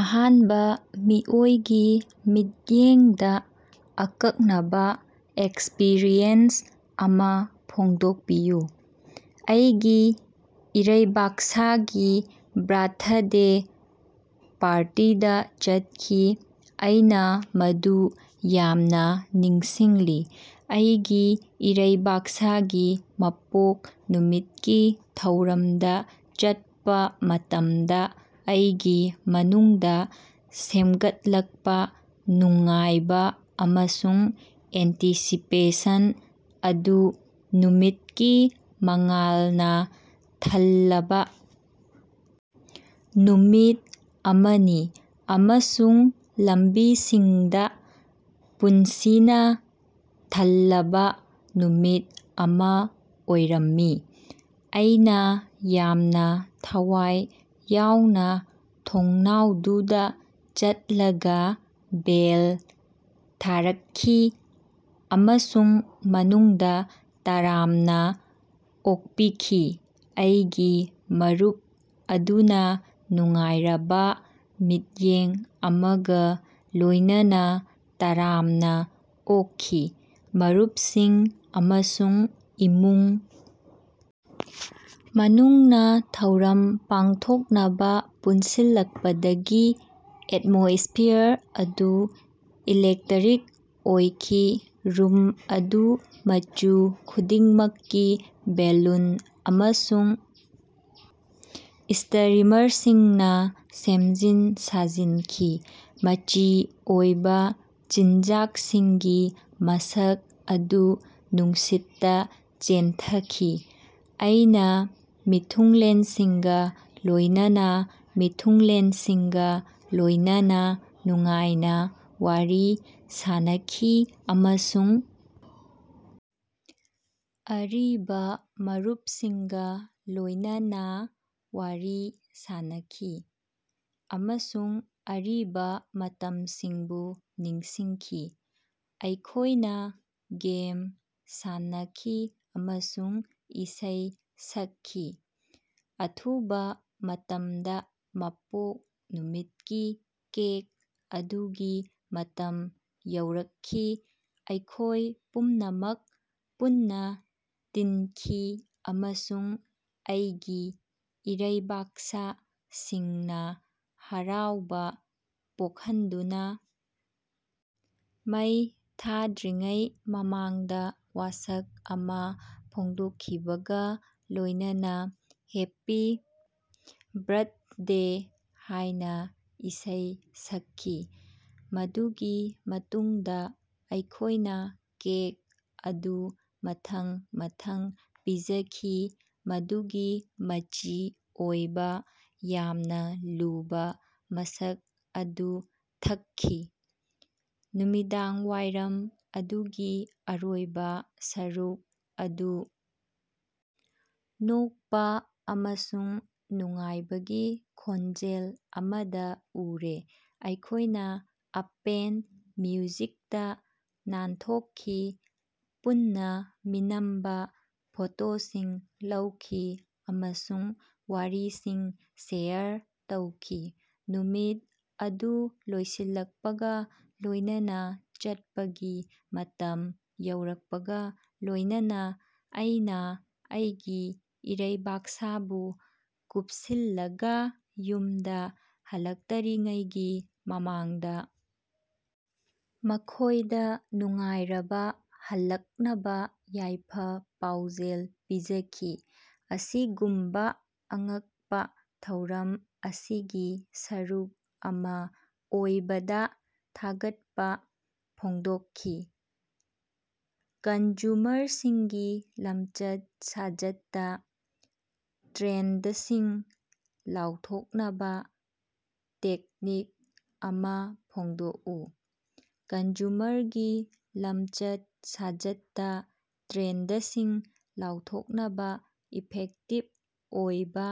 ꯑꯍꯥꯟꯕ ꯃꯤꯑꯣꯏꯒꯤ ꯃꯤꯠꯌꯦꯡꯗ ꯑꯀꯛꯅꯕ ꯑꯦꯛꯁꯄꯤꯔꯤꯌꯦꯟꯁ ꯑꯃ ꯐꯣꯡꯗꯣꯛꯄꯤꯌꯨ꯫ ꯑꯩꯒꯤ ꯏꯔꯩꯕꯥꯛꯁꯥꯒꯤ ꯕ꯭ꯔꯥꯊꯗꯦ ꯄꯥꯔꯇꯤꯗ ꯆꯠꯈꯤ꯫ ꯑꯩꯅ ꯃꯗꯨ ꯌꯥꯝꯅ ꯅꯤꯡꯁꯤꯡꯂꯤ, ꯑꯩꯒꯤ ꯏꯔꯩꯕꯥꯛꯁꯥꯒꯤ ꯃꯄꯣꯛ ꯅꯨꯃꯤꯠꯀꯤ ꯊꯧꯔꯝꯗ ꯆꯠꯄ ꯃꯇꯝꯗ ꯑꯩꯒꯤ ꯃꯅꯨꯡꯗ ꯁꯦꯝꯒꯠꯂꯛꯄ ꯅꯨꯡꯉꯥꯏꯕ ꯑꯃꯁꯨꯡ ꯑꯦꯟꯇꯤꯁꯤꯄꯦꯁꯟ ꯑꯗꯨ꯫ ꯅꯨꯃꯤꯠꯀꯤ ꯃꯉꯥꯜꯅ ꯊꯜꯂꯕꯥ ꯅꯨꯃꯤꯠ ꯑꯃꯅꯤ ꯑꯃꯁꯨꯡ ꯂꯝꯕꯤꯁꯤꯡꯗ ꯄꯨꯟꯁꯤꯅ ꯊꯜꯂꯕꯥ ꯅꯨꯃꯤꯠ ꯑꯃ ꯑꯣꯏꯔꯝꯃꯤ꯫ ꯑꯩꯅ ꯌꯥꯝꯅ ꯊꯋꯥꯏ ꯌꯥꯎꯅ ꯊꯣꯡꯅꯥꯎꯗꯨꯗ ꯆꯠꯂꯒꯥ ꯕꯦꯜ ꯊꯥꯔꯛꯈꯤ ꯑꯃꯁꯨꯡ ꯃꯅꯨꯡꯗ ꯇꯔꯥꯝꯅ ꯑꯣꯛꯄꯤꯈꯤ ꯑꯩꯒꯤ ꯃꯔꯨꯞ ꯑꯗꯨꯅ ꯅꯨꯡꯉꯥꯏꯔꯕꯥ ꯃꯤꯠꯌꯦꯡ ꯑꯃꯒ ꯂꯣꯏꯅꯅ ꯇꯔꯥꯝꯅ ꯑꯣꯛꯈꯤ꯫ ꯃꯔꯨꯞꯁꯤꯡ ꯑꯃꯁꯨꯡ ꯏꯃꯨꯡ ꯃꯅꯨꯡꯅ ꯊꯧꯔꯝ ꯄꯥꯡꯊꯣꯛꯅꯕ ꯄꯨꯟꯁꯤꯜꯂꯛꯄꯗꯒꯤ ꯑꯦꯠꯃꯣꯁ꯭ꯐꯤꯌꯥꯔ ꯑꯗꯨ ꯏꯂꯦꯛꯇꯔꯤꯛ ꯑꯣꯏꯈꯤ꯫ ꯔꯨꯝ ꯑꯗꯨ ꯃꯆꯨ ꯈꯨꯗꯤꯡꯃꯛꯀꯤ ꯕꯦꯂꯨꯟ ꯑꯃꯁꯨꯡ ꯁ꯭ꯇꯔꯤꯃꯔꯁꯤꯡꯅ ꯁꯦꯝꯖꯤꯟ ꯁꯥꯖꯤꯟꯈꯤ, ꯃꯆꯤ ꯑꯣꯏꯕ ꯆꯤꯟꯖꯥꯛꯁꯤꯡꯒꯤ ꯃꯁꯛ ꯑꯗꯨ ꯅꯨꯡꯁꯤꯠꯇ ꯆꯦꯟꯊꯈꯤ꯫ ꯑꯩꯅ ꯃꯤꯊꯨꯡꯂꯦꯟꯁꯤꯡꯒ ꯂꯣꯏꯅꯅ ꯃꯤꯊꯨꯡꯂꯦꯟꯁꯤꯡꯒ ꯂꯣꯏꯅꯅ ꯅꯨꯡꯉꯥꯏꯅ ꯋꯥꯔꯤ ꯁꯥꯅꯈꯤ ꯑꯃꯁꯨꯡ ꯑꯔꯤꯕ ꯃꯔꯨꯞꯁꯤꯡꯒ ꯂꯣꯏꯅꯅꯥ ꯋꯥꯔꯤ ꯁꯥꯅꯈꯤ ꯑꯃꯁꯨꯡ ꯑꯔꯤꯕ ꯃꯇꯝꯁꯤꯡꯕꯨ ꯅꯤꯡꯁꯤꯡꯈꯤ꯫ ꯑꯩꯈꯣꯏꯅ ꯒꯦꯝ ꯁꯥꯟꯅꯈꯤ ꯑꯃꯁꯨꯡ ꯏꯁꯩ ꯁꯛꯈꯤ, ꯑꯊꯨꯕ ꯃꯇꯝꯗ ꯃꯄꯣꯛ ꯅꯨꯃꯤꯠꯀꯤ ꯀꯦꯛ ꯑꯗꯨꯒꯤ ꯃꯇꯝ ꯌꯧꯔꯛꯈꯤ꯫ ꯑꯩꯈꯣꯏ ꯄꯨꯝꯅꯃꯛ ꯄꯨꯟꯅ ꯇꯤꯟꯈꯤ ꯑꯃꯁꯨꯡ ꯑꯩꯒꯤ ꯏꯔꯩꯕꯥꯛꯁꯥ ꯁꯤꯡꯅ ꯍꯔꯥꯎꯕ ꯄꯣꯛꯍꯟꯗꯨꯅ ꯃꯩ ꯊꯥꯗ꯭ꯔꯤꯉꯩ ꯃꯃꯥꯡꯗ ꯋꯥꯁꯛ ꯑꯃ ꯐꯣꯡꯗꯣꯛꯈꯤꯕꯒ ꯂꯣꯏꯅꯅꯥ ꯍꯦꯞꯄꯤ ꯕ꯭ꯔꯊꯗꯦ ꯍꯥꯏꯅ ꯏꯁꯩ ꯁꯛꯈꯤ꯫ ꯃꯗꯨꯒꯤ ꯃꯇꯨꯡꯗ ꯑꯩꯈꯣꯏꯅ ꯀꯦꯛ ꯑꯗꯨ ꯃꯊꯪ ꯃꯊꯪ ꯄꯤꯖꯈꯤ, ꯃꯗꯨꯒꯤ ꯃꯆꯤ ꯑꯣꯏꯕ, ꯌꯥꯝꯅ ꯂꯨꯕ ꯃꯁꯛ ꯑꯗꯨ ꯊꯛꯈꯤ꯫ ꯅꯨꯃꯤꯗꯥꯡꯋꯥꯏꯔꯝ ꯑꯗꯨꯒꯤ ꯑꯔꯣꯏꯕ ꯁꯔꯨꯛ ꯑꯗꯨ ꯅꯣꯛꯄ ꯑꯃꯁꯨꯡ ꯅꯨꯡꯉꯥꯏꯕꯒꯤ ꯈꯣꯟꯖꯦꯜ ꯑꯃꯗ ꯎꯔꯦ, ꯑꯩꯈꯣꯏꯅ ꯑꯄꯦꯟ ꯃ꯭ꯌꯨꯖꯤꯛꯇ ꯅꯥꯟꯊꯣꯛꯈꯤ, ꯄꯨꯟꯅ ꯃꯤꯅꯝꯕ ꯐꯣꯇꯣꯁꯤꯡ ꯂꯧꯈꯤ ꯑꯃꯁꯨꯡ ꯋꯥꯔꯤꯁꯤꯡ ꯁꯦꯌꯔ ꯇꯧꯈꯤ꯫ ꯅꯨꯃꯤꯠ ꯑꯗꯨ ꯂꯣꯏꯁꯤꯜꯂꯛꯄꯒ ꯂꯣꯏꯅꯅ ꯆꯠꯄꯒꯤ ꯃꯇꯝ ꯌꯧꯔꯛꯄꯒ ꯂꯣꯏꯅꯅꯥ ꯑꯩꯅꯥ ꯑꯩꯒꯤ ꯏꯔꯩꯕꯥꯛꯁꯥꯕꯨ ꯀꯨꯞꯁꯤꯜꯂꯒꯥ ꯌꯨꯝꯗ ꯍꯜꯂꯛꯇꯔꯤꯉꯩꯒꯤ ꯃꯃꯥꯡꯗ ꯃꯈꯣꯏꯗ ꯅꯨꯡꯉꯥꯏꯔꯕꯥ ꯍꯜꯂꯛꯅꯕ ꯌꯥꯏꯐ-ꯄꯥꯎꯖꯦꯜ ꯄꯤꯖꯈꯤ, ꯑꯁꯤꯒꯨꯝꯕꯥ ꯑꯉꯛꯄ ꯊꯧꯔꯝ ꯑꯁꯤꯒꯤ ꯁꯔꯨꯛ ꯑꯃ ꯑꯣꯏꯕꯗꯥ ꯊꯥꯒꯠꯄ ꯐꯣꯡꯗꯣꯛꯈꯤ꯫ ꯀꯟꯖꯨꯃꯔꯁꯤꯡꯒꯤ ꯂꯝꯆꯠ-ꯁꯥꯖꯠꯇ ꯇ꯭ꯔꯦꯟꯗꯁꯤꯡ ꯂꯥꯎꯊꯣꯛꯅꯕꯥ ꯇꯦꯛꯅꯤꯛ ꯑꯃ ꯐꯣꯡꯗꯣꯛꯎ꯫ ꯀꯟꯖꯨꯃꯔꯒꯤ ꯂꯝꯆꯠ-ꯁꯥꯖꯠꯇ ꯇ꯭ꯔꯦꯟꯗꯁꯤꯡ ꯂꯥꯎꯊꯣꯛꯅꯕꯥ ꯏꯐꯦꯛꯇꯤꯕ ꯑꯣꯏꯕ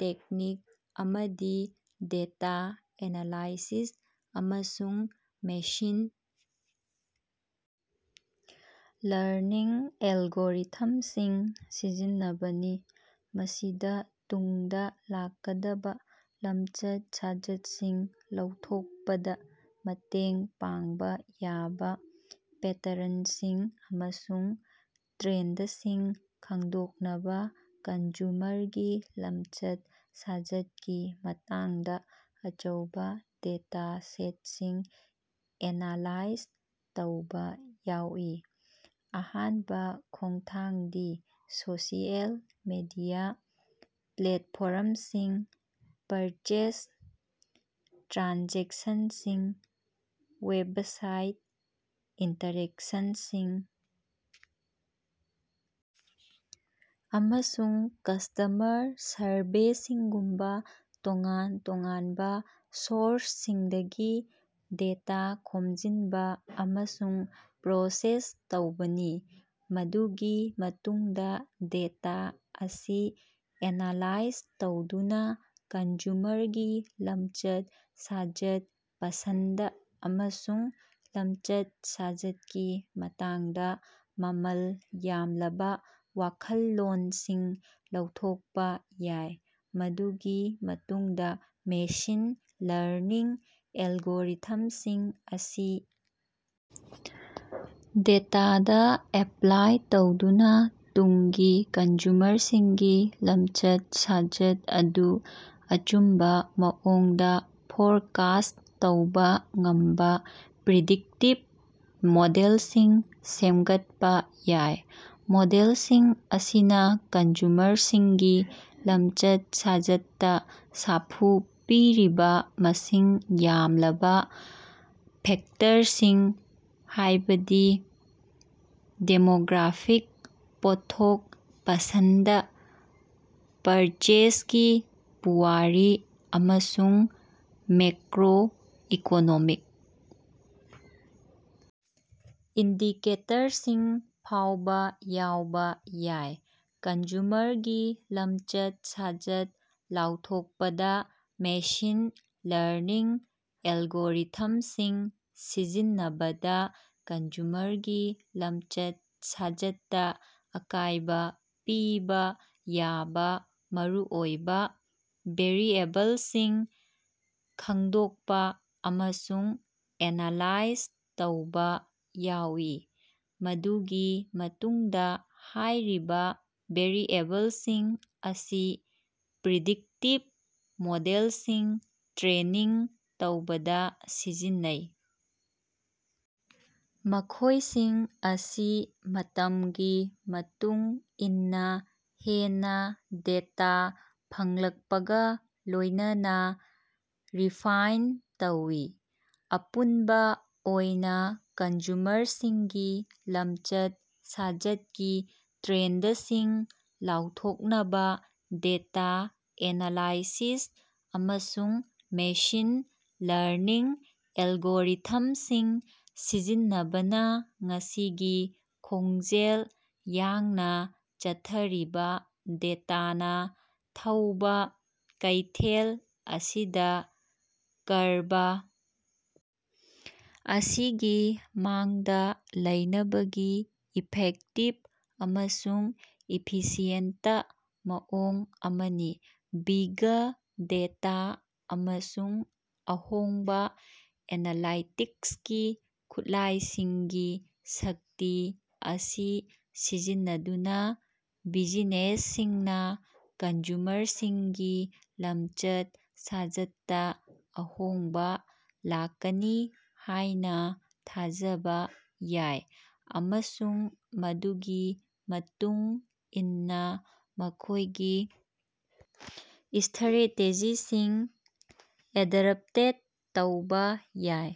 ꯇꯦꯛꯅꯤꯛ ꯑꯃꯗꯤ ꯗꯦꯇꯥ ꯑꯦꯅꯥꯂꯥꯏꯁꯤꯁ ꯑꯃꯁꯨꯡ ꯃꯦꯁꯤꯟ ꯂꯔꯅꯤꯡ ꯑꯦꯜꯒꯣꯔꯤꯊꯝꯁꯤꯡ ꯁꯤꯖꯤꯟꯅꯕꯅꯤ꯫ ꯃꯁꯤꯗ ꯇꯨꯡꯗ ꯂꯥꯛꯀꯗꯕꯥ ꯂꯝꯆꯠ-ꯁꯥꯖꯠꯁꯤꯡ ꯂꯧꯊꯣꯛꯄꯗ ꯃꯇꯦꯡ ꯄꯥꯡꯕ ꯌꯥꯕ ꯄꯦꯇꯔꯟꯁꯤꯡ ꯑꯃꯁꯨꯡ ꯇ꯭ꯔꯦꯟꯗꯁꯤꯡ ꯈꯪꯗꯣꯛꯅꯕ ꯀꯟꯖꯨꯃꯔꯒꯤ ꯂꯝꯆꯠ-ꯁꯥꯖꯠꯀꯤ ꯃꯇꯥꯡꯗ ꯑꯆꯧꯕ ꯗꯦꯇꯥ ꯁꯦꯠꯁꯤꯡ ꯑꯦꯅꯥꯂꯥꯏꯖ ꯇꯧꯕ ꯌꯥꯎꯏ꯫ ꯑꯍꯥꯟꯕ ꯈꯣꯡꯊꯥꯡꯗꯤ ꯁꯣꯁꯤꯑꯦꯜ ꯃꯤꯗꯤꯌꯥ ꯄ꯭ꯂꯦꯠꯐꯣꯔꯝꯁꯤꯡ, ꯄꯔꯆꯦꯖ ꯇ꯭ꯔꯥꯟꯖꯦꯛꯁꯟꯁꯤꯡ, ꯋꯦꯕꯁꯥꯏꯠ ꯏꯟꯇꯥꯔꯦꯛꯁꯟꯁꯤꯡ, ꯑꯃꯁꯨꯡ ꯀꯁ꯭ꯇꯃꯔ ꯁꯔꯚꯦꯁꯤꯡꯒꯨꯝꯕ ꯇꯣꯉꯥꯟ-ꯇꯣꯉꯥꯟꯕ ꯁꯣꯔꯁꯁꯤꯡꯗꯒꯤ ꯗꯦꯇꯥ ꯈꯣꯝꯖꯤꯟꯕ ꯑꯃꯁꯨꯡ ꯄ꯭ꯔꯣꯁꯦꯁ ꯇꯧꯕꯅꯤ꯫ ꯃꯗꯨꯒꯤ ꯃꯇꯨꯡꯗ ꯗꯦꯇꯥ ꯑꯁꯤ ꯑꯦꯅꯥꯂꯥꯏꯖ ꯇꯧꯗꯨꯅ ꯀꯟꯖꯨꯃꯔꯒꯤ ꯂꯝꯆꯠ-ꯁꯥꯖꯠ, ꯄꯁꯟꯗ ꯑꯃꯁꯨꯡ ꯂꯝꯆꯠ-ꯁꯥꯖꯠꯀꯤ ꯃꯇꯥꯡꯗ ꯃꯃꯜ ꯌꯥꯝꯂꯕ ꯋꯥꯈꯜꯂꯣꯟꯁꯤꯡ ꯂꯧꯊꯣꯛꯄ ꯌꯥꯏ꯫ ꯃꯗꯨꯒꯤ ꯃꯇꯨꯡꯗ ꯃꯦꯁꯤꯟ ꯂꯔꯅꯤꯡ ꯑꯦꯜꯒꯣꯔꯤꯊꯝꯁꯤꯡ ꯑꯁꯤ ꯗꯦꯇꯥꯗ ꯑꯦꯄ꯭ꯂꯥꯏ ꯇꯧꯗꯨꯅ ꯇꯨꯡꯒꯤ ꯀꯟꯖꯨꯃꯔꯁꯤꯡꯒꯤ ꯂꯝꯆꯠ-ꯁꯥꯖꯠ ꯑꯗꯨ ꯑꯆꯨꯝꯕ ꯃꯑꯣꯡꯗ ꯐꯣꯔꯀꯥꯁ꯭ꯠ ꯇꯧꯕ ꯉꯝꯕ ꯄ꯭ꯔꯤꯗꯤꯛꯇꯤꯚ ꯃꯣꯗꯦꯜꯁꯤꯡ ꯁꯦꯝꯒꯠꯄ ꯌꯥꯏ꯫ ꯃꯣꯗꯦꯜꯁꯤꯡ ꯑꯁꯤꯅ ꯀꯟꯖꯨꯃꯔꯁꯤꯡꯒꯤ ꯂꯝꯆꯠ-ꯁꯥꯖꯠꯇ ꯁꯥꯐꯨ ꯄꯤꯔꯤꯕ ꯃꯁꯤꯡ ꯌꯥꯝꯂꯕꯥ ꯐꯦꯛꯇꯔꯁꯤꯡ ꯍꯥꯏꯕꯗꯤ ꯗꯦꯃꯣꯒ꯭ꯔꯥꯐꯤꯛ, ꯄꯣꯠꯊꯣꯛ ꯄꯁꯟꯗ, ꯄꯔꯆꯦꯖꯒꯤ ꯄꯨꯋꯥꯔꯤ, ꯑꯃꯁꯨꯡ ꯃꯦꯀ꯭ꯔꯣ-ꯏꯀꯣꯅꯣꯃꯤꯛ ꯏꯟꯗꯤꯀꯦꯇꯔꯁꯤꯡ ꯐꯥꯎꯕ ꯌꯥꯎꯕ ꯌꯥꯏ꯫ ꯀꯟꯖꯨꯃꯔꯒꯤ ꯂꯝꯆꯠ-ꯁꯥꯖꯠ ꯂꯥꯎꯊꯣꯛꯄꯗ ꯃꯦꯁꯤꯟ ꯂꯔꯅꯤꯡ ꯑꯦꯜꯒꯣꯔꯤꯊꯝꯁꯤꯡ ꯁꯤꯖꯤꯟꯅꯕꯗ ꯀꯟꯖꯨꯃꯔꯒꯤ ꯂꯝꯆꯠ-ꯁꯥꯖꯠꯇ ꯑꯀꯥꯏꯕ ꯄꯤꯕ ꯌꯥꯕ ꯃꯔꯨꯑꯣꯏꯕ ꯚꯦꯔꯤꯑꯦꯕꯜꯁꯤꯡ ꯈꯪꯗꯣꯛꯄ ꯑꯃꯁꯨꯡ ꯑꯦꯅꯥꯂꯥꯏꯖ ꯇꯧꯕ ꯌꯥꯎꯏ꯫ ꯃꯗꯨꯒꯤ ꯃꯇꯨꯡꯗ ꯍꯥꯏꯔꯤꯕ ꯚꯦꯔꯤꯑꯦꯕꯜꯁꯤꯡ ꯑꯁꯤ ꯄ꯭ꯔꯤꯗꯤꯛꯇꯤꯚ ꯃꯣꯗꯦꯜꯁꯤꯡ ꯇ꯭ꯔꯦꯅꯤꯡ ꯇꯧꯕꯗ ꯁꯤꯖꯤꯟꯅꯩ, ꯃꯈꯣꯏꯁꯤꯡ ꯑꯁꯤ ꯃꯇꯝꯒꯤ ꯃꯇꯨꯡ ꯏꯟꯅ ꯍꯦꯟꯅ ꯗꯦꯇꯥ ꯐꯪꯂꯛꯄꯒ ꯂꯣꯏꯅꯅ ꯔꯤꯐꯥꯏꯟ ꯇꯧꯏ꯫ ꯑꯄꯨꯟꯕ ꯑꯣꯏꯅ, ꯀꯟꯖꯨꯃꯔꯁꯤꯡꯒꯤ ꯂꯝꯆꯠ-ꯁꯥꯖꯠꯀꯤ ꯇ꯭ꯔꯦꯟꯗꯁꯤꯡ ꯂꯥꯎꯊꯣꯛꯅꯕꯥ ꯗꯦꯇꯥ ꯑꯦꯅꯥꯂꯥꯏꯁꯤꯁ ꯑꯃꯁꯨꯡ ꯃꯦꯁꯤꯟ ꯂꯔꯅꯤꯡ ꯑꯦꯜꯒꯣꯔꯤꯊꯃꯁꯤꯡ ꯁꯤꯖꯤꯟꯅꯕꯅꯥ ꯉꯁꯤꯒꯤ ꯈꯣꯡꯖꯦꯜ ꯌꯥꯡꯅ ꯆꯠꯊꯔꯤꯕ, ꯗꯦꯇꯥꯅ ꯊꯧꯕꯥ ꯀꯩꯊꯦꯜ ꯑꯁꯤꯗ ꯀꯔꯕ ꯑꯁꯤꯒꯤ ꯃꯥꯡꯗ ꯂꯩꯅꯕꯒꯤ ꯏꯐꯦꯛꯇꯤꯕ ꯑꯃꯁꯨꯡ ꯏꯐꯤꯁꯤꯌꯦꯟꯇ ꯃꯑꯣꯡ ꯑꯃꯅꯤ꯫ ꯕꯤꯒ ꯗꯦꯇꯥ ꯑꯃꯁꯨꯡ ꯑꯍꯣꯡꯕ ꯑꯦꯅꯥꯂꯥꯏꯇꯤꯛꯁꯀꯤ ꯈꯨꯠꯂꯥꯏꯁꯤꯡꯒꯤ ꯁꯛꯇꯤ ꯑꯁꯤ ꯁꯤꯖꯤꯟꯅꯗꯨꯅ ꯕꯤꯖꯤꯅꯦꯁꯁꯤꯡꯅ ꯀꯟꯖꯨꯃꯔꯁꯤꯡꯒꯤ ꯂꯝꯆꯠ-ꯁꯥꯖꯠꯇ ꯑꯍꯣꯡꯕ ꯂꯥꯛꯀꯅꯤ ꯍꯥꯏꯅ ꯊꯥꯖꯕ ꯌꯥꯏ ꯑꯃꯁꯨꯡ ꯃꯗꯨꯒꯤ ꯃꯇꯨꯡ ꯏꯟꯅ ꯃꯈꯣꯏꯒꯤ ꯁ꯭ꯊꯔꯦꯇꯦꯖꯤꯁꯤꯡ ꯑꯦꯗ꯭ꯞꯇꯦꯠ ꯇꯧꯕ ꯌꯥꯏ꯫